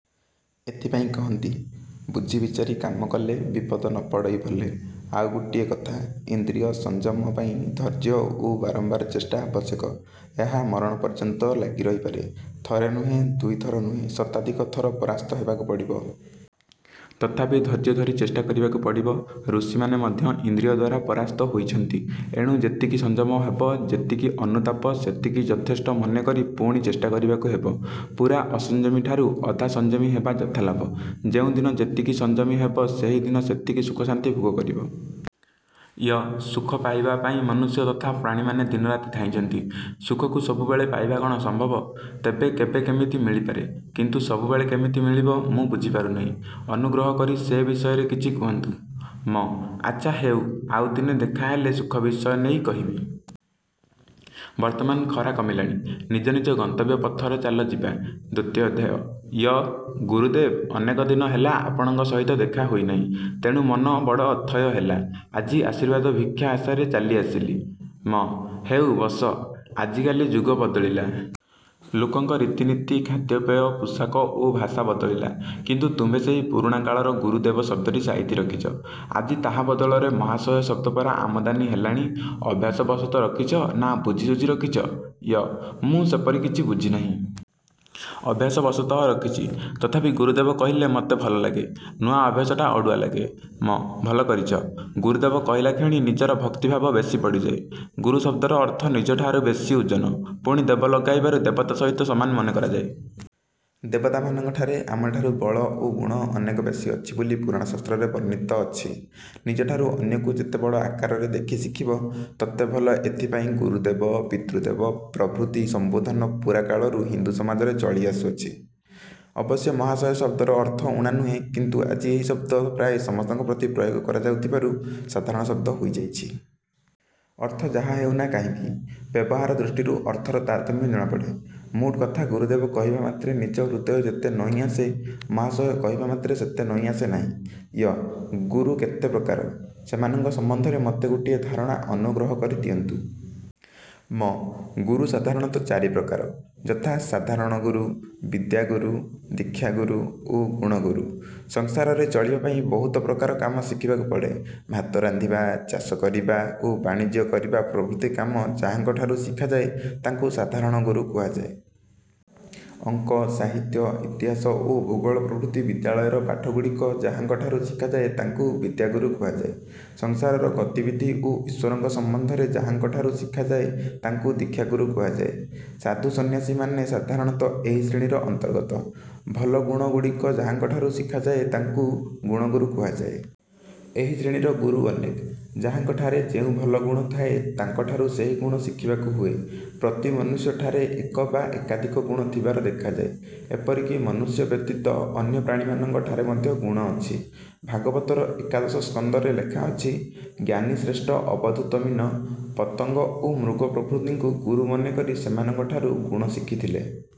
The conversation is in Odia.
ଏଥିପାଇଁ କହନ୍ତି- ବୁଝି ବିଚାରି କାମ କଲେ ବିପଦ ନ ପଡ଼ଇ ଭଲେ। ଆଉ ଗୋଟିଏ କଥା, ଇନ୍ଦ୍ରିୟ-ସଂଯମ ପାଇଁ ଧୈର୍ଯ୍ୟ ଓ ବାରମ୍ବାର ଚେଷ୍ଟା ଆବଶ୍ୟକ। ଏହା ମରଣ ପର୍ଯ୍ୟନ୍ତ ଲାଗି ରହିପାରେ। ଥରେ ନୁହେଁ, ଦୁଇ ଥର ନୁହେଁ; ଶତାଧିକ ଥର ପରାସ୍ତ ହେବାକୁ ପଡ଼ିବ। ତଥାପି ଧୈର୍ଯ୍ୟ ଧରି ଚେଷ୍ଟା କରିବାକୁ ପଡ଼ିବ। ଋଷିମାନେ ମଧ୍ୟ ଇନ୍ଦ୍ରିୟଦ୍ଵାରା ପରାସ୍ତ ହୋଇଛନ୍ତି। ଏଣୁ ଯେତିକି ସଂଯମ ହେବ, ଯେତିକି ଅନୁତାପ; ସେତିକି ଯଥେଷ୍ଟ ମନେ କରି ପୁଣି ଚେଷ୍ଟା କରିବାକୁ ହେବ। ପୂରା ଅସଂଯମୀଠାରୁ ଅଧା ସଂଯମୀ ହେବା ଯଥାଲାଭ। ଯେଉଁ ଦିନ ଯେତିକି ସଂଯମୀ ହେବ ସେହି ଦିନ ସେତିକି ସୁଖଶାନ୍ତି ଭୋଗ କରିବ। ୟ-ସୁଖ ପାଇବା ପାଇଁ ମନୁଷ୍ୟ ତଥା ପ୍ରାଣୀମାନେ ଦିନରାତି ଧାଇଁଛନ୍ତି। ସୁଖକୁ ସବୁବେଳେ ପାଇବା କଅଣ ସମ୍ଭବ? ତେବେ କେବେ କେମିତି ମିଳିପାରେ, କିନ୍ତୁ ସବୁବେଳେ କିମିତି ମିଳିବ ମୁଁ ବୁଝିପାରୁନାହିଁ। ଅନୁଗ୍ରହ କରି ସେ ବିଷୟରେ କିଛି କହନ୍ତୁ। ମ-ଆଚ୍ଛା ହେଉ, ଆଉ ଦିନେ ଦେଖା ହେଲେ ସୁଖ ବିଷୟ ନେଇ କହିବି। ବର୍ତ୍ତମାନ ଖରା କମିଲାଣି, ନିଜ ନିଜ ଗନ୍ତବ୍ୟ ପଥର ଚାଲ ଯିବା। ଦ୍ଵିତୀୟ ଅଧ୍ୟାୟ ୟ-ଗୁରୁଦେବ, ଅନେକ ଦିନ ହେଲା ଆପଣଙ୍କ ସହିତ ଦେଖା ହୋଇନାହିଁ। ତେଣୁ ମନ ବଡ଼ ଅଥୟ ହେଲା। ଆଜି ଆଶୀର୍ବାଦ ଭିକ୍ଷା ଆଶାରେ ଚାଲି ଆସିଲି। ମ-ହେଉ, ବସ। ଆଜିକାଲି ଯୁଗ ବଦଳିଲା। ଲୋକଙ୍କ ରୀତିନୀତି, ଖାଦ୍ୟପେୟ, ପୋଷାକ ଓ ଭାଷା ବଦଳିଲା କିନ୍ତୁ ତୁମ୍ଭେ ସେହି ପୁରୁଣା କାଳର 'ଗୁରୁଦେବ' ଶବ୍ଦଟି ସାଇତି ରଖିଛ-। ଆଜି ତାହା ବଦଳରେ 'ମହାଶୟ' ଶବ୍ଦ ପରା ଆମଦାନୀ ହେଲାଣି। ଅଭ୍ୟାସ ବଶତଃ ରଖିଛ, ନାଁ ବୁଝି ଶୁଝି ରଖିଛ? ୟ-ମୁଁ ସେପରି କିଛି ବୁଝିନାହିଁ। ଅଭ୍ୟାସ ବଶତଃ ରଖିଛି। ତଥାପି ଗୁରୁଦେବ କହିଲେ ମୋତେ ଭଲ ଲାଗେ। ନୂଆ ଅଭ୍ୟାସଟା ଅଡ଼ୁଆ ଲାଗେ। ମ-ଭଲ କରିଛ। ଗୁରୁଦେବ କହିଲାକ୍ଷଣି ନିଜର ଭକ୍ତିଭାବ ବେଶୀ ବଢ଼ିଯାଏ। ଗୁରୁ ଶବ୍ଦର ଅର୍ଥ ନିଜଠାରୁ ବେଶୀ ଓଜନ। ପୁଣି ଦେବ ଲଗାଇବାରୁ ଦେବତା ସହିତ ସମାନ ମନେ କରାଯାଏ। ଦେବତା-ମାନଙ୍କଠାରେ ଆମଠାରୁ ବଳ ଓ ଗୁଣ ଅନେକ ବେଶୀ ଅଛି ବୋଲି ପୁରାଣ ଶାସ୍ତ୍ରରେ ବର୍ଣ୍ଣିତ ଅଛି। ନିଜଠାରୁ ଅନ୍ୟକୁ ଯେତେ ବଡ଼ ଆକାରରେ ଦେଖି ଶିଖିବ ତେତେ ଭଲ ଏଥିପାଇଁ ଗୁରୁଦେବ, ପିତୃଦେବ ପ୍ରଭୃତି ସମ୍ବୋଧନ ପୁରାକାଳରୁ ହିନ୍ଦୁ ସମାଜରେ ଚଳି ଆସୁଅଛି। ଅବଶ୍ୟ ମହାଶୟ ଶବ୍ଦର ଅର୍ଥ ଊଣା ନୁହେଁ କିନ୍ତୁ ଆଜି ଏହି ଶବ୍ଦ ପ୍ରାୟ ସମସ୍ତଙ୍କ ପ୍ରତି ପ୍ରୟୋଗ କରାଯାଉ ଥିବାରୁ ସାଧାରଣ ଶବ୍ଦ ହୋଇଯାଇଛି। ଅର୍ଥ ଯାହା ହେଉନା କାହିଁକି, ବ୍ୟବହାର ଦୃଷ୍ଟିରୁ ଅର୍ଥର ତାରତମ୍ୟ ଜଣାପଡ଼େ। ମୋଟ କଥା ଗୁରୁଦେବ କହିବା ମାତ୍ରେ ନିଜ ହୃଦୟ ଯେତେ ନଇଁଆସେ; ମହାଶୟ କହିବାମାତ୍ରେ। ସେତେ ନଇଁଆସେ ନାହିଁ। ୟ-ଗୁରୁ କେତେ ପ୍ରକାର? ସେମାନଙ୍କ ସମ୍ବନ୍ଧରେ ମୋତେ ଗୋଟିଏ ଧାରଣା ଅନୁଗ୍ରହ କରି ଦିଅନ୍ତୁ। ମ-ଗୁରୁ ସାଧାରଣତଃ ଚାରି ପ୍ରକାର ଯଥା-ସାଧାରଣ ଗୁରୁ, ବିଦ୍ୟାଗୁରୁ, ଦୀକ୍ଷାଗୁରୁ ଓ ଗୁଣ ଗୁରୁ। ସଂସାରରେ ଚଳିବା ପାଇଁ ବହୁତ ପ୍ରକାର କାମ ଶିଖିବାକୁ ପଡ଼େ। ଭାତ ରାନ୍ଧିବା, ଚାଷ କରିବା ଓ ବାଣିଜ୍ୟ କରିବା ପ୍ରଭୃତି କାମ ଯାହାଙ୍କ ଠାରୁ ଶିଖାଯାଏ ତାଙ୍କୁ ସାଧାରଣ ଗୁରୁ କୁହାଯାଏ। ଅଙ୍କ, ସାହିତ୍ୟ, ଇତିହାସ ଓ ଭୂଗୋଳ ପ୍ରଭୃତି ବିଦ୍ୟାଳୟର ପାଠଗୁଡ଼ିକ ଯାହାଙ୍କ ଠାରୁ ଶିଖାଯାଏ ତାଙ୍କୁ ବିଦ୍ୟାଗୁରୁ କୁହାଯାଏ। ସଂସାରର ଗତିବିଧି ଓ ଈଶ୍ଵରଙ୍କ ସମ୍ବନ୍ଧରେ ଯାହାଙ୍କ ଠାରୁ ଶିଖାଯାଏ ତାଙ୍କୁ ଦୀକ୍ଷାଗୁରୁ କୁହାଯାଏ। ସାଧୁ ସନ୍ନ୍ୟାସୀମାନେ ସାଧାରଣତଃ ଏହି ଶ୍ରେଣୀର ଅନ୍ତର୍ଗତ। ଭଲ ଗୁଣଗୁଡ଼ିକ ଯାହାଙ୍କଠାରୁ ଶିଖାଯାଏ ତାଙ୍କୁ ଗୁଣଗୁରୁ କୁହାଯାଏ। ଏହି ଶ୍ରେଣୀର ଗୁରୁ ଅନେକ। ଯାହାଙ୍କଠାରେ ଯେଉଁ ଭଲ ଗୁଣ ଥାଏ ତାଙ୍କଠାରୁ ସେହି ଗୁଣକୁ ଶିଖିବାକୁ ହୁଏ। ପ୍ରତି ମନୁଷ୍ୟ ଠାରେ ଏକ ବା ଏକାଧିକ ଗୁଣ ଥିବାର ଦେଖାଯାଏ। ଏପରିକି ମନୁଷ୍ୟ ବ୍ୟତୀତ ଅନ୍ୟ ପ୍ରାଣୀମାନଙ୍କ ଠାରେ ମଧ୍ୟ ଗୁଣ ଅଛି। ଭାଗବତର ଏକାଦଶସ୍କନ୍ଧରେ ଲେଖାଅଛି, ଜ୍ଞାନୀ ଶ୍ରେଷ୍ଠ ଅବଧୂତ ମୀନ, ପତଙ୍ଗ ଓ ମୃଗ ପ୍ରଭୃତିଙ୍କୁ ଗୁରୁ ମନେକରି ସେମାନଙ୍କଠାରୁ ଗୁଣ ଶିଖିଥିଲେ-।